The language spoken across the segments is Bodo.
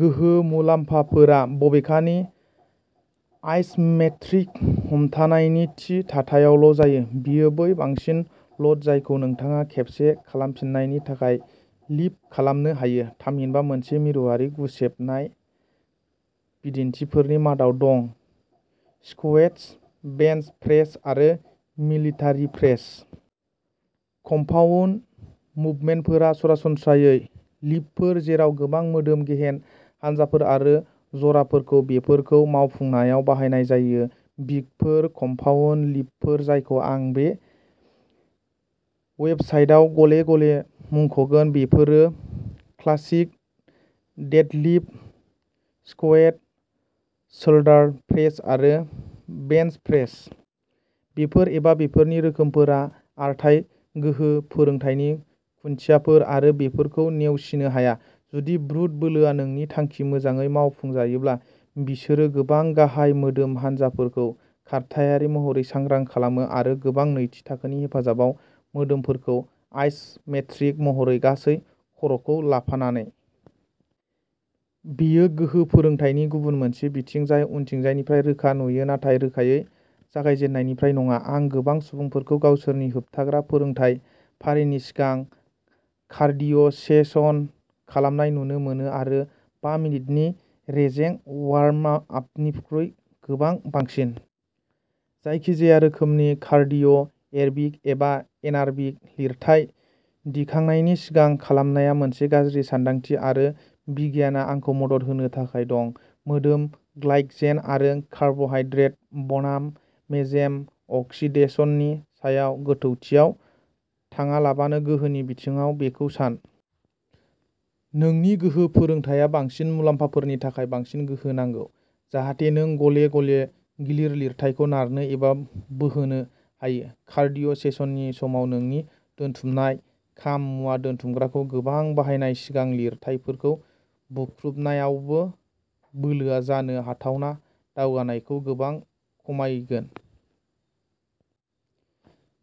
गोहो मुलाम्फाफोरा बबेखानि आइस'मेट्रिक हमथानायनि थि थाथायावल' जायो। बेयो बै बांसिन ल'ड जायखौ नोंथाङा खेबसे खालामफिननायनि थाखाय लिफ्ट खालामनो हायो, थामहिनबा मोनसे मिरुआरि गुसेबनाय। बिदिन्थिफोरनि मादाव दं स्क्वेट्स, बेन्च प्रेस आरो मिलिटारि प्रेस। कम्पाउन्ड मुभमेन्टफोरा सरासनस्रायै लिफ्टफोर, जेराव गोबां मोदोम गेहेन हानजाफोर आरो जराफोरखौ बेफोरखौ मावफुंनायाव बाहायनाय जायो। बिग फोर कम्पाउन्ड लिफ्टफोर जायखौ आं बे वेबसाइटआव गले गले मुंखगोन बेफोरो classic deadlift, squat, shoulder press आरो बेन्च प्रेस। बेफोर, एबा बेफोरनि रोखोमफोरा, खारथाइ गोहो फोरोंथायनि खुन्थियाफोर, आरो बेफोरखौ नेवसिनो हाया। जुदि ब्रुट बोलोआ नोंनि थांखि। मोजाङै मावफुंजायोब्ला, बिसोरो गोबां गाहाय मोदोम हानजाफोरखौ खारथायारि महरै सांग्रां खालामो, आरो गोबां नैथि थाखोनि हेफाजाब मोदोमफोरखौ आइस'मेट्रिक महरै, गासै क'रखौ लाफानानै। बेयो गोहो फोरोंथायनि गुबुन मोनसे बिथिं जाय उनथिंजायनिफ्राय रोखा नुयो नाथाय रोखायै जागायजेननायनिफ्राय नङा। आं गोबां सुबुंफोरखौ गावसोरनि होबथाग्रा फोरोंथाय फारिनि सिगां कार्डिय' सेसन खालामनाय नुनो मोनो, आरो बा मिनिटनि रेजें वार्मआपनिख्रुइ गोबां बांसिन। जायखिजाया रोखोमनि कार्डिय', एरबिक एबा एनारबिक, लिरथाय दिखांनायनि सिगां खालामनाया मोनसे गाज्रि सानदांथि, आरो बिगियानआ आंखौ मदद होनो थाखाय दं। मोदोम ग्लाइक'जेन आरो कार्ब'हाइड्रेट बनाम मेजेम अक्सिडेशननि सायाव गोथौथियाव थाङालाबानो, गोहोनि बिथिङाव बेखौ सान। नोंनि गोहो फोरोंथाया बांसिन मुलाम्फाफोरनि थाखाय बांसिन गोहो नांगौ, जाहाथे नों गले गले गिलिर लिरथायखौ नारनो एबा बोहोनो हायो। कार्डिय' सेसननि समाव नोंनि दोनथुमनाय खाम मुवा दोनथुमग्राखौ गोबां बाहायनाय, सिगां। लिरथायफोरखौ बुख्रुबनायाबो, बोलोआव जानो हाथावना दावगानायखौ गोबां खमायगोन।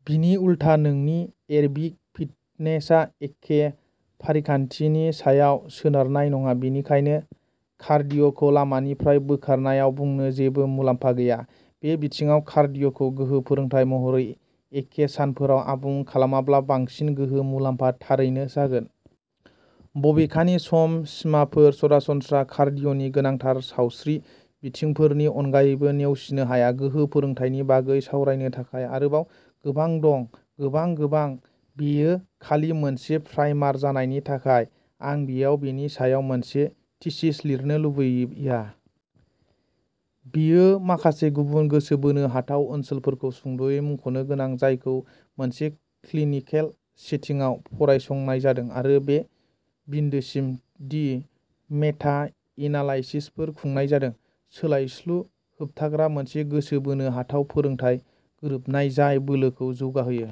बिनि उलथा, नोंनि एरबिक फिटनेसआ एखे फारिखान्थिनि सायाव सोनारनाय नङा, बेनिखायनो "कार्डिय'खौ लामानिफ्राय बोखारनाय" आव बुंनो जेबो मुलाम्फा गैया। बे बिथिङाव, कार्डिय'खौ गोहो फोरोंथाय महरै एखे सानफोराव आबुं खालामाब्ला बांसिन गोहो मुलाम्फा थारैनो जागोन। बबेखानि, सम सिमाफोर, सरासनस्रा कार्डिय'नि गोनांथार सावस्रि बिथिंफोरनि अनगायैबो नेवसिनो हाया। गोहो फोरोंथायनि बागै सावरायनो थाखाय आरोबाव गोबां दं गोबां, गोबां। बेयो खालि मोनसे प्राइमार जानायनि थाखाय, आं बेयाव बेनि सायाव मोनसे थीसिस लिरनो लुबैया। बेयो माखासे गुबुन गोसो बोनो हाथाव ओनसोलफोरखौ सुंद'यै मुंख'नो गोनां जायखौ मोनसे क्लिनिकेल सेटिंआव फरायसंनाय जादों, आरो बे बिन्दोसिम दि मेटा एनालाइसिसफोर खुंनाय जादों। सोलायस्लु होबथाग्रा मोनसे गोसो बोनो हाथाव फोरोंथाय गोरोबनाय जाय बोलोखौ जौगाहोयो।